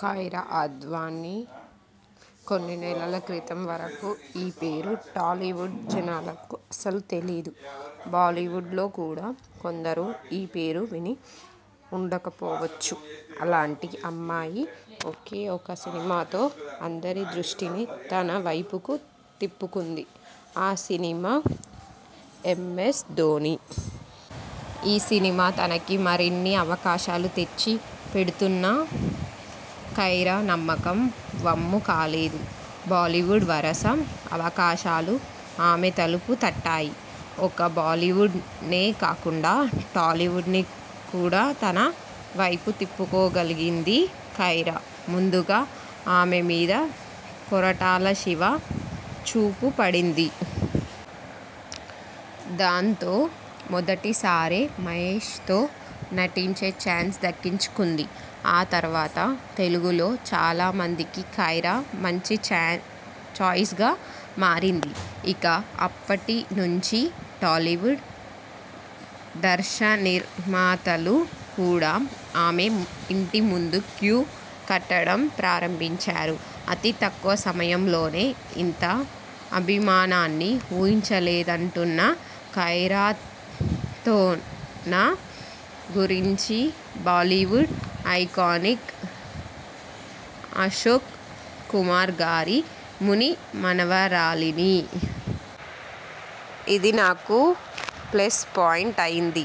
కైరా అద్వాని కొన్ని నెలల క్రితం వరకూ ఈ పేరు టాలీవుడ్ జనాలకు అస్సలు తెలీదు. బాలీవుడ్ లో కూడా కొందరు ఈ పేరు విని ఉండకపోవచ్చు. అలాంటి అమ్మాయి ఒకే ఒక్క సినిమాతో అందరి దృష్టిని తన వైపుకు తిప్పుకుంది. ఆ సినిమా 'ఎంఎస్ ధోని'. ఈ సినిమా తనకి మరిన్ని అవకాశాలు తెచ్చి పెడుతున్న కైరా నమ్మకం వమ్ము కాలేదు. బాలీవుడ్ వరుస అవకాశాలు ఆమె తలుపు తట్టాయి. ఒక్క బాలీవుడ్ నే కాకుండా టాలీవుడ్ ని కూడా తన వైపు తిప్పుకోగలిగింది కైరా. ముందుగా ఆమె మీద కొరటాల శివ చూపు పడింది. దాంతో మొదటిసారే మహేష్ తో నటించే ఛాన్స్ దక్కించుకుంది. ఆ తరువాత తెలుగులో చాలామందికి కైరా మంచి ఛాయి ఛాయిస్ గా మారింది. ఇక అప్పటి నుంచీ టాలీవుడ్ దర్శకనిర్మాతలు కూడా ఆమె ఇంటి ముందు క్యూ కట్టడం ప్రారంభించారు. అతి తక్కువ సమయంలోనే ఇంత అభిమానాన్ని ఊహించలేదంటున్న కైరాతోనా గురించిబాలీవుడ్ ఐకానిక్ అశోక్ కుమార్ గారి ముని మనవరాలిని. ఇది నాకు ప్లస్ పాయింట్ అయింది.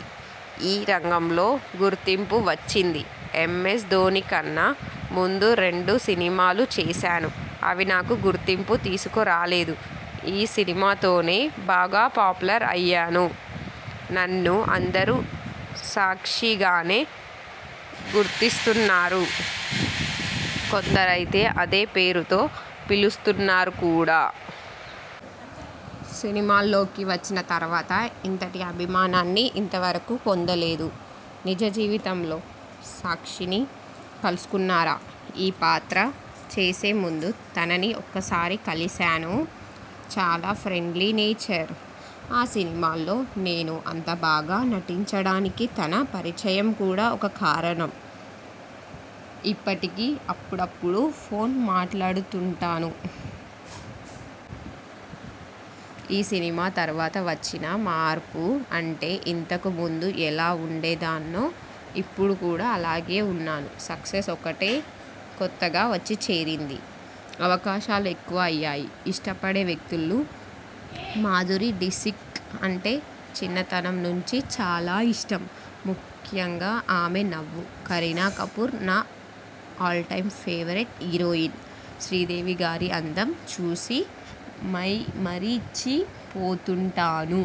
ఈ రంగంలో గుర్తింపు వచ్చింది'ఎం స్ ధోని' కన్నా ముందు రెండు సినిమాలు చేశాను. అవి నాకు గుర్తింపు తీసుకురాలేదు. ఈ సినిమాతోనే బాగా పాపులర్ అయ్యాను. నన్ను అందరూ సాక్షిగానే గుర్తిస్తున్నారు. కొందరయితే అదే పేరుతో పిలుస్తున్నారు కూడా! సినిమాల్లోకి వచ్చిన తరువాత ఇంతటి అభిమానాన్ని ఇంతవరకూ పొందలేదు. నిజజీవితంలో సాక్షిని కలుసుకున్నారా? ఈ పాత్ర చేసేముందు తనని ఒక్క సారి కలిసాను. చాలా ఫ్రెండ్లీ నేచర్. ఆ సినిమాలో నేను అంత బాగా నటించడానికి తన పరిచయం కూడా ఒక కారణం. ఇప్పటికీ అప్పుడప్పుడు ఫోన్ మాట్లాడుతుంటాను. ఈ సినిమా తరువాత వచ్చిన మార్పు అంటే ఇంతకు ముందు ఎలా ఉండేదాన్నో ఇప్పుడూ అలాగే ఉన్నాను. సక్సెస్ ఒక్కటే కొత్తగా వచ్చి చేరింది. అవకాశాలు ఎక్కువ అయ్యాయి. ఇష్టపడే వ్యక్తులుమాధురీ దీసిత్ అంటే చిన్నతనం నుంచి చాలా ఇష్టం. ముఖ్యంగా ఆమె నవ్వు. కరీనాకపూర్ నా all time favourite heroine. Sridevi గారి అందం చూసి మైమరిచిపోతుంటాను.